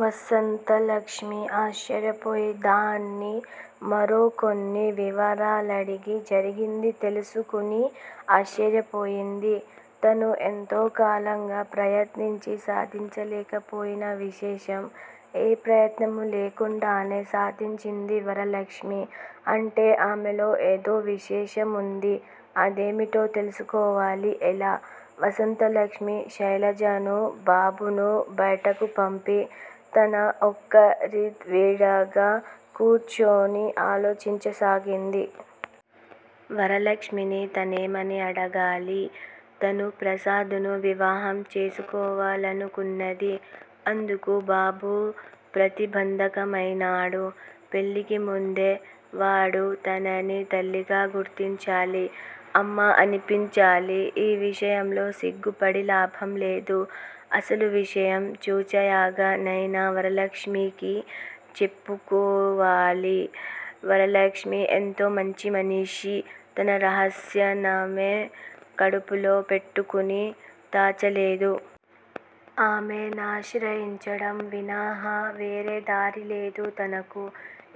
వసంతలక్ష్మి ఆశ్చర్యపోయి దాన్ని మరొకొన్ని వివరాలడిగి జరిగింది తెలుసుకుని ఆశ్చర్యపోయింది. తను ఎంతోకాలంగా ప్రయత్నించి సాధించలేకపోయిన విశేషం ఎ ప్రయత్నమూ లేకుండానే సాధించింది వరలక్ష్మి. అంటే ఆమెలో ఏదోవిశేషముంది. అదేమిటో తెలుసుకోవాలి ఎలా? వసంతలక్ష్మి శైలజనూ, బాబునూ బయటకుపంపి తన ఒక్క ర్తీవిడిగా కూర్చుని అలోచించసాగింది. వరలక్ష్మిని తనేమని అడగాలి? తను ప్రసాదును వివాహం చేసుకోవలనుకున్నది. అందుకు బాబు ప్రతిబంధకమైనాడు. పెళ్ళికిముందే వాడు తనని తల్లిగా గుర్తించాలి. అమ్మా అనిపించాలి. ఈ విషయంలో సిగ్గుపడి లాభంలేదు. అసలువిషయం చూచాయగా నైనా వరలక్ష్మికి చెప్పుకోవాలి. వరలక్ష్మి ఎంతో మంచిమనిషి. తన రహస్యన్నామే కడుపులో పెట్టుకుని దాచలేదు. ఆమేనాశ్రయించడం మినహా వేరేదారిలేదు తనకు.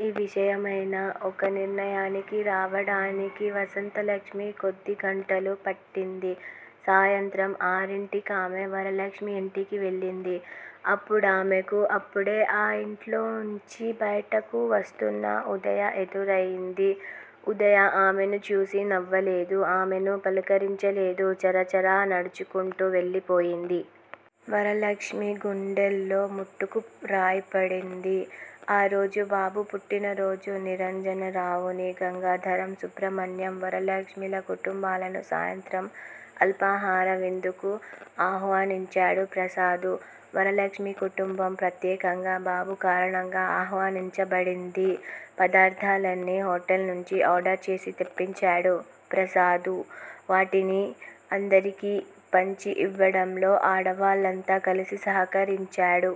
ఈ విషయమైనా ఒక నిర్ణయానికి రావడానికి వసంతలక్ష్మి కొద్దిగంటలు పట్టింది. సాయంత్రం ఆరింటికామే వరలక్ష్మి ఇంటికి వెళ్ళింది. అప్పుడామెకు అప్పుడే ఆ ఇంట్లోంచి బయటకు వస్తున్న ఉదయ ఎదురయింది. ఉదయ ఆమెనుచూసి నవ్వలేదు. ఆమెను పలకరించలేదు. చరచరా నడుచుకుంటూ వెళ్ళిపోయింది. వసంతలక్ష్మి గుండెల్లో ముటుక్కు రాయిపడింది. ఆరోజు బాబు పుట్టినరోజు. నిరంజనరావునీ, గంగాధరం, సుబ్రహ్మణ్యం, వరలక్ష్మి ల కుటుంబాలనూ సాయంత్రం అల్పాహారవిందుకు ఆహ్వానించాడు ప్రసాదు. వరలక్ష్మి కుటుంబం ప్రత్యేకంగా బాబు కారణంగా ఆహ్వానించబడింది. పదార్ధాలన్నీ హొటల్నుంచి ఆర్డరుచేసి తెప్పించాడు ప్రసాదు. వాటిని అందరికీ పంచి ఇవ్వడంలో ఆడవాళ్ళంతా కలసి సహకరించాడు.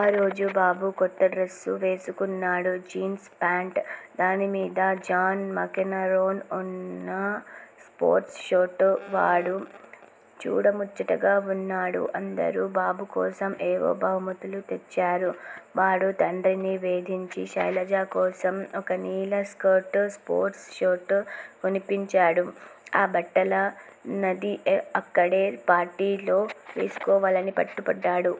ఆరోజు బాబు కొత్తడ్రస్సు వేసుకున్నాడు. Jeans pant. దానిమీద జాన్ మకేనరోన్ ఉన్న స్పోర్ట్స్ షర్టు వాడు చూడముచ్చటగా వున్నాడు. అందరూ బాబుకోసం ఏవో బహుమతులుతెచ్చారు. వాడు తండ్రిని వేధించి శైలజకోసం ఒకనీలి స్కర్టు, స్పోర్ట్స్ షర్టు కొనిపించాడు. ఆ బట్టల నది అక్కడే పార్టీలో వేసుకోవాలని పట్టుబట్టాడు.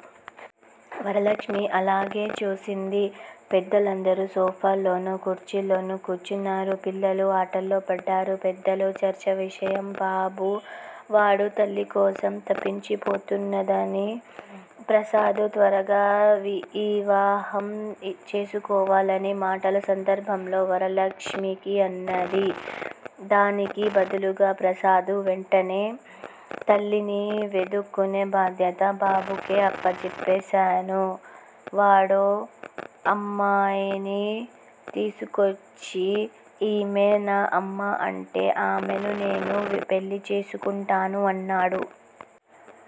వరలక్ష్మి అలాగే చూసింది. పెద్దలందరూ సోఫాల్లోనూ, కుర్చీల్లోనూ కూర్చున్నారు. పిల్లలు ఆటల్లోపడ్డారు. పెద్దల చర్చావిషయం బాబు. వాడుతల్లికోసం తపించిపోతున్నాదనీ ప్రసాదు త్వరగా విఇవాహం చేసుకోవాలనీ మాటల సందర్భంలో వరలక్ష్మికి అన్నది. దానికి బదులుగా ప్రసాదు వెంటనే __ తల్లిని వెదుక్కునే బాధ్యత బాబుకే అప్పజెప్పాను. వాడో అమ్మాయిని తీసుకోచ్చి ఈమె నా అమ్మ అంటే ఆమెను నేను పెళ్ళిచేసుకుంటాను అన్నాడు.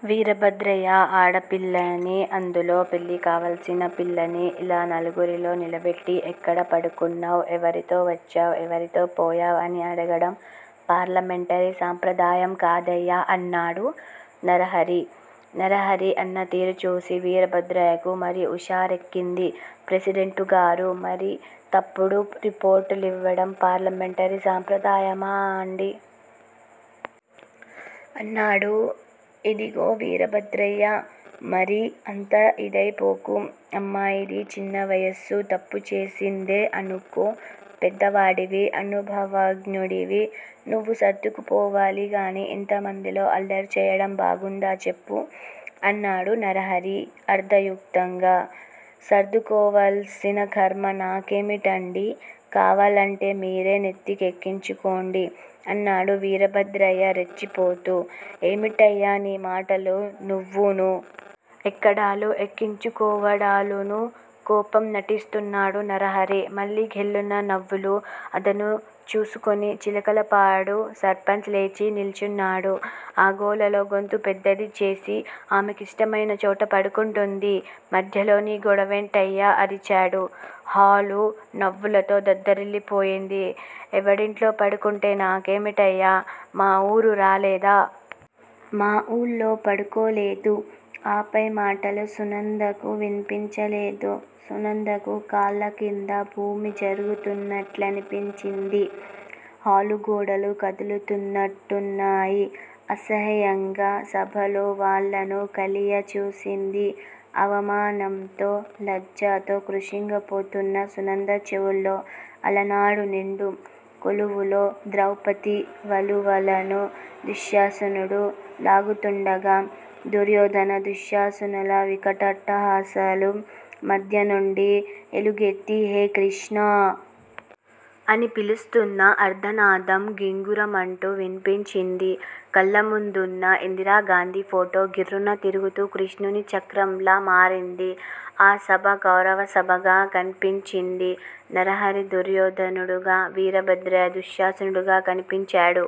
వీరభద్రయ్యా! ఆడపిల్లనీ, అందులో పెళ్ళికావాల్సిన పిల్లనీ, ఇలా నలుగురిలో నిలబెట్టి, ఎక్కడ పడుకున్నావ్. ఎవరితో వచ్చావ్ ఎవరితో పోయావ్ అని అడగడం పార్లమెంటరీ సాంప్రదాయం కాదయ్యా! అన్నాడు నరహరి. నరహరి అన్నతీరుచూసి వీరభద్రయ్యకు మరీ ఉషారెక్కింది. ప్రెసిడెంటుగారూ! మరి తప్పుడు రిపోర్టు లివ్వడం పార్లమెంటరీ సాంప్రదాయమాండీ? అన్నాడు. ఇదిగో వీరభద్రయ్యా! మరీ అంత ఇదైపోకు! అమ్మాయిది చిన్నవయస్సు తప్పుచేసిందే అనుకో పెద్దవాడివి అనుభవజ్ఞుడివి, నువ్వు సర్దుకుపోవాలిగాని ఇంతమందిలో అల్లరి చెయ్యడం బాగుందా చెప్పు? అన్నాడు నరహరి అర్ధయుక్తంగా. సర్దుకోవాల్సిన కర్మ నాకేమిటండీ? కావాలంటే మీరే నెత్తి కెక్కించుకోండి! అన్నాడు వీరభద్రయ్య రెచ్చిపోతూ. ఏమిటయ్యా నీ మాటలు నువ్వూనూ. ఎక్కడాలూ ఎక్కించుకోవడాలూనూ? కోపం నటిస్తున్నాడు నరహరి. మళ్ళీ ఘొల్లున నవ్వులు. అదను చూసుకొని చిలకలపాడు సర్పంచ్ లేచి నిల్చున్నాడు. ఆ గోలలో గొంతు పెద్దదిచేసి ఆమెకిష్టమైనచోట పడుకుంటుంది. మధ్యలో నీ గొడవేంటయ్యా అరిచాడు. హాలు నవ్వులతో దద్దరిల్లిపోయింది. ఎవడింట్లో పడుకుంటే నాకేమిటయ్యా! మా ఊరు రాలేదా. మా ఊళ్ళో పడుకోలేదు. ఆ పై మాటలు సునందకు విన్పించలేదు. సునందకు కాళ్ళకింద భూమి జరుగుతున్నట్లనిపించింది. హాలుగోడలు కదులుతున్నట్టున్నాయి. అసహాయంగా సభలోవాళ్ళను కలియచూసింది. అవమానంతో, లజ్జతో కృంగిపోతున్న సునంద చెవుల్లో, అలనాడు నిండు కొలువులో ద్రౌపతి వలువలను దుశ్శాసనుడు లాగుతుండగా, దుర్యోధన దుశ్శాసనుల వికటాట్టహాసాలు మధ్యనుండి ఎలుగెత్తి హే కృష్ణా! అని పిలుస్తున్న ఆర్థనాదం గింగురుమంటూ విన్పించింది. కళ్ళముందున్న ఇందిరాగాంధీ ఫోటో గిర్రున తిరుగుతూ కృష్ణుని చక్రంలా మారింది. ఆ సభ కౌరవ సభగా కన్పించింది. నరహరి దుర్యోధనుడుగా, వీరభద్రయ్య దుశ్శాసనుడుగా కన్పించాడు